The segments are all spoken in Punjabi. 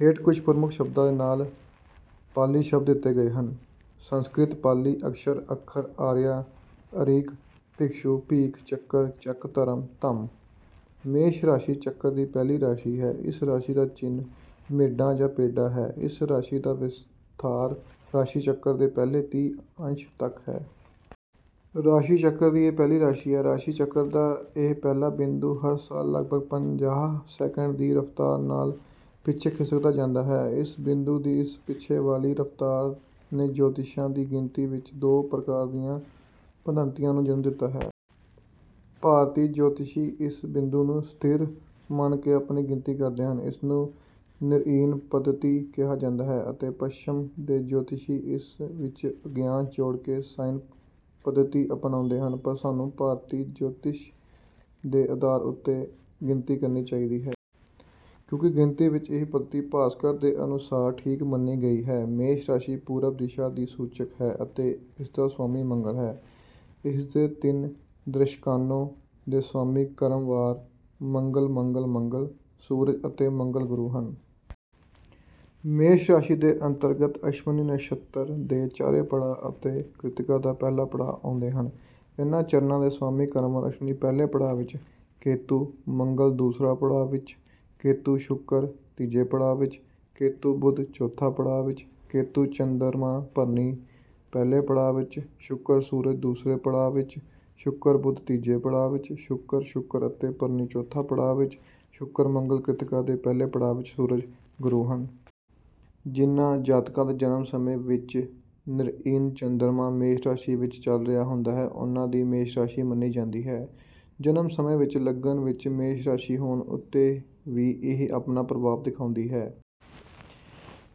ਹੇਠਾਂ ਕੁੱਝ ਪ੍ਰਮੁੱਖ ਸ਼ਬਦਾਂ ਦੇ ਨਾਲ ਪਾਲੀ ਸ਼ਬਦ ਦਿੱਤੇ ਗਏ ਹਨ। ਸੰਸਕ੍ਰਿਤ ਪਾਲੀ ਅਕਸ਼ਰ ਅੱਖਰ ਆਰੀਆ ਅਰਿਯ ਭਿਕਸ਼ੂ ਭਿੱਖੁ ਚੱਕਰ ਚੱਕ ਧਰਮ ਧੰਮ। ਮੇਸ਼ ਰਾਸ਼ੀ ਚੱਕਰ ਦੀ ਪਹਿਲੀ ਰਾਸ਼ੀ ਹੈ ਇਸ ਰਾਸ਼ੀ ਦਾ ਚਿੰਨ੍ਹ ਮੇਢਾ ਜਾਂ ਭੇਡਾ ਹੈ ਇਸ ਰਾਸ਼ੀ ਦਾ ਵਿਸਥਾਰ ਰਾਸ਼ੀ ਚੱਕਰ ਦੇ ਪਹਿਲੇ ਤੀਹ ਅੰਸ਼ ਤੱਕ ਹੈ। ਰਾਸ਼ੀ ਚੱਕਰ ਦੀ ਇਹ ਪਹਿਲੀ ਰਾਸ਼ੀ ਹੈ। ਰਾਸ਼ੀ ਚੱਕਰ ਦਾ ਇਹ ਪਹਿਲਾ ਬਿੰਦੂ ਹਰ ਸਾਲ ਲਗਭੱਗ ਪੰਜਾਹ ਸੈਕੰਡ ਦੀ ਰਫਤਾਰ ਨਾਲ ਪਿੱਛੇ ਖਿਸਕਦਾ ਜਾਂਦਾ ਹੈ। ਇਸ ਬਿੰਦੂ ਦੀ ਇਸ ਪਿੱਛੇ ਵਾਲੀ ਰਫਤਾਰ ਨੇ ਜੋਤਿਸ਼ੀਆਂ ਦੀ ਗਿਣਤੀ ਵਿੱਚ ਦੋ ਪ੍ਰਕਾਰ ਦੀਆਂ ਪੱਧਤੀਆਂ ਨੂੰ ਜਨਮ ਦਿੱਤਾ ਹੈ। ਭਾਰਤੀ ਜੋਤਿਸ਼ੀ ਇਸ ਬਿੰਦੂ ਨੂੰ ਸਥਿਰ ਮੰਨ ਕੇ ਆਪਣੀ ਗਿਣਤੀ ਕਰਦੇ ਹਨ। ਇਸਨੂੰ ਨਿਰਇਣ ਪੱਧਤੀ ਕਿਹਾ ਜਾਂਦਾ ਹੈ। ਅਤੇ ਪੱਛਮ ਦੇ ਜੋਤਿਸ਼ੀ ਇਸ ਵਿੱਚ ਅਯਨਾਂਸ਼ ਜੋੜ ਕੇ ਸਾਇਨ ਪੱਧਤੀ ਅਪਣਾਉਂਦੇ ਹਨ। ਪਰ ਸਾਨੂੰ ਭਾਰਤੀ ਜੋਤਿਸ਼ ਦੇ ਆਧਾਰ ਉੱਤੇ ਗਿਣਤੀ ਕਰਨੀ ਚਾਹੀਦੀ ਹੈ। ਕਿਉਂਕਿ ਗਿਣਤੀ ਵਿੱਚ ਇਹ ਪੱਧਤੀ ਭਾਸਕਰ ਦੇ ਅਨੁਸਾਰ ਠੀਕ ਮੰਨੀ ਗਈ ਹੈ। ਮੇਸ਼ ਰਾਸ਼ੀ ਪੂਰਬ ਦਿਸ਼ਾ ਦੀ ਸੂਚਕ ਹੈ ਅਤੇ ਇਸਦਾ ਸਵਾਮੀ ਮੰਗਲ ਹੈ। ਇਸਦੇ ਤਿੰਨ ਦਰੇਸ਼ਕਾਣੋਂ ਦੇ ਸਵਾਮੀ ਕ੍ਰਮਵਾਰ ਮੰਗਲ ਮੰਗਲ ਮੰਗਲ ਸੂਰਜ ਅਤੇ ਮੰਗਲ ਗੁਰੂ ਹਨ। ਮੇਸ਼ ਰਾਸ਼ੀ ਦੇ ਅੰਤਰਗਤ ਅਸ਼ਵਿਨੀ ਨਛੱਤਰ ਦੇ ਚਾਰੇ ਪੜਾਅ ਅਤੇ ਕ੍ਰਿਤਿਕਾ ਦਾ ਪਹਿਲਾ ਪੜਾਅ ਆਉਂਦੇ ਹਨ। ਇਨ੍ਹਾਂ ਚਰਣਾਂ ਦੇ ਸਵਾਮੀ ਕ੍ਰਮਵਾਰ ਅਸ਼ਵਿਨੀ ਪਹਿਲੇ ਪੜਾਅ ਵਿੱਚ ਕੇਤੁ ਮੰਗਲ ਦੂਸਰਾ ਪੜਾਅ ਵਿੱਚ ਕੇਤੁ ਸ਼ੁਕਰ ਤੀਜੇ ਪੜਾਅ ਵਿੱਚ ਕੇਤੁ ਬੁੱਧ ਚੌਥਾ ਪੜਾਅ ਵਿੱਚ ਕੇਤੁ ਚੰਦਰਮਾ ਭਰਨੀ ਪਹਿਲੇ ਪੜਾਅ ਵਿੱਚ ਸ਼ੁਕਰ ਸੂਰਜ ਦੂਸਰੇ ਪੜਾਅ ਵਿੱਚ ਸ਼ੁਕਰ ਬੁੱਧ ਤੀਜੇ ਪੜਾਅ ਵਿੱਚ ਸ਼ੁਕਰ ਸ਼ੁਕਰ ਅਤੇ ਭਰਨੀ ਚੌਥਾ ਪੜਾਅ ਵਿੱਚ ਸ਼ੁਕਰ ਮੰਗਲ ਕ੍ਰਿਤਿਕਾ ਦੇ ਪਹਿਲੇ ਪੜਾਅ ਵਿੱਚ ਸੂਰਜ ਗੁਰੂ ਹਨ। ਜਿਨ੍ਹਾਂ ਜਾਤਕਾਂ ਦੇ ਜਨਮ ਸਮੇਂ ਵਿੱਚ ਨਿਰਇਣ ਚੰਦਰਮਾ ਮੇਸ਼ ਰਾਸ਼ੀ ਵਿੱਚ ਚਲ ਰਿਹਾ ਹੁੰਦਾ ਹੈ ਉਨ੍ਹਾਂ ਦੀ ਮੇਸ਼ ਰਾਸ਼ੀ ਮੰਨੀ ਜਾਂਦੀ ਹੈ ਜਨਮ ਸਮੇਂ ਵਿੱਚ ਲਗਨ ਵਿੱਚ ਮੇਸ਼ ਰਾਸ਼ੀ ਹੋਣ ਉੱਤੇ ਵੀ ਇਹ ਆਪਣਾ ਪ੍ਰਭਾਵ ਦਿਖਾਉਂਦੀ ਹੈ।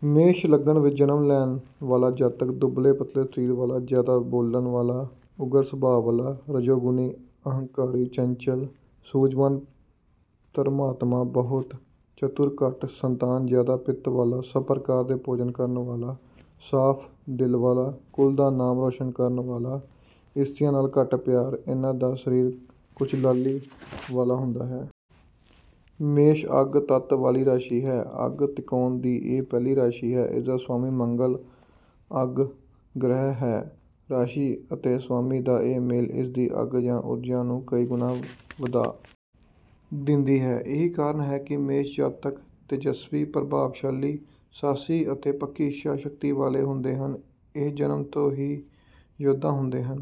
ਮੇਸ਼ ਲਗਨ ਵਿੱਚ ਜਨਮ ਲੈਣ ਵਾਲਾ ਜਾਤਕ ਦੁਬਲੇ ਪਤਲੇ ਸਰੀਰ ਵਾਲਾ ਜਿਆਦਾ ਬੋਲਣ ਵਾਲਾ ਉਗਰ ਸੁਭਾਅ ਵਾਲਾ ਰਜੋਗੁਣੀ ਅਹੰਕਾਰੀ ਚੰਚਲ ਸੂਝਵਾਨ ਧਰਮਾਤਮਾ ਬਹੁਤ ਚਤੁਰ ਘੱਟ ਸੰਤਾਨ ਜਿਆਦਾ ਪਿੱਤ ਵਾਲਾ ਸਭ ਪ੍ਰਕਾਰ ਦੇ ਭੋਜਨ ਕਰਨ ਵਾਲਾ ਸਾਫ ਦਿਲ ਵਾਲਾ ਕੁਲ ਦਾ ਨਾਮ ਰੌਸ਼ਨ ਕਰਨ ਵਾਲਾ ਇਸਤਰੀਆਂ ਨਾਲ ਘੱਟ ਪਿਆਰ ਇਨ੍ਹਾਂ ਦਾ ਸਰੀਰ ਕੁੱਝ ਲਾਲੀ ਵਾਲਾ ਹੁੰਦਾ ਹੈ। ਮੇਘ ਅੱਗ ਤੱਤ ਵਾਲੀ ਰਾਸ਼ੀ ਹੈ ਅੱਗ ਤਿਕੋਣ ਦੀ ਇਹ ਪਹਿਲੀ ਰਾਸ਼ੀ ਹੈ ਇਸਦਾ ਸਵਾਮੀ ਮੰਗਲ ਅੱਗ ਗ੍ਰਹਿ ਹੈ ਰਾਸ਼ੀ ਅਤੇ ਸਵਾਮੀ ਦਾ ਇਹ ਮੇਲ ਇਸਦੀ ਅੱਗ ਜਾਂ ਊਰਜਾ ਨੂੰ ਕਈ ਗੁਣਾ ਵਧਾ ਦਿੰਦੀ ਹੈ ਇਹੀ ਕਾਰਨ ਹੈ ਕਿ ਮੇਸ਼ ਜਾਤਕ ਤੇਜਸਵੀ ਪ੍ਰਭਾਵਸ਼ਾਲੀ ਸਾਹਸੀ ਅਤੇ ਪੱਕੀ ਇੱਛਾ ਸ਼ਕਤੀ ਵਾਲੇ ਹੁੰਦੇ ਹਨ ਇਹ ਜਨਮ ਤੋਂ ਹੀ ਯੋਧਾ ਹੁੰਦੇ ਹਨ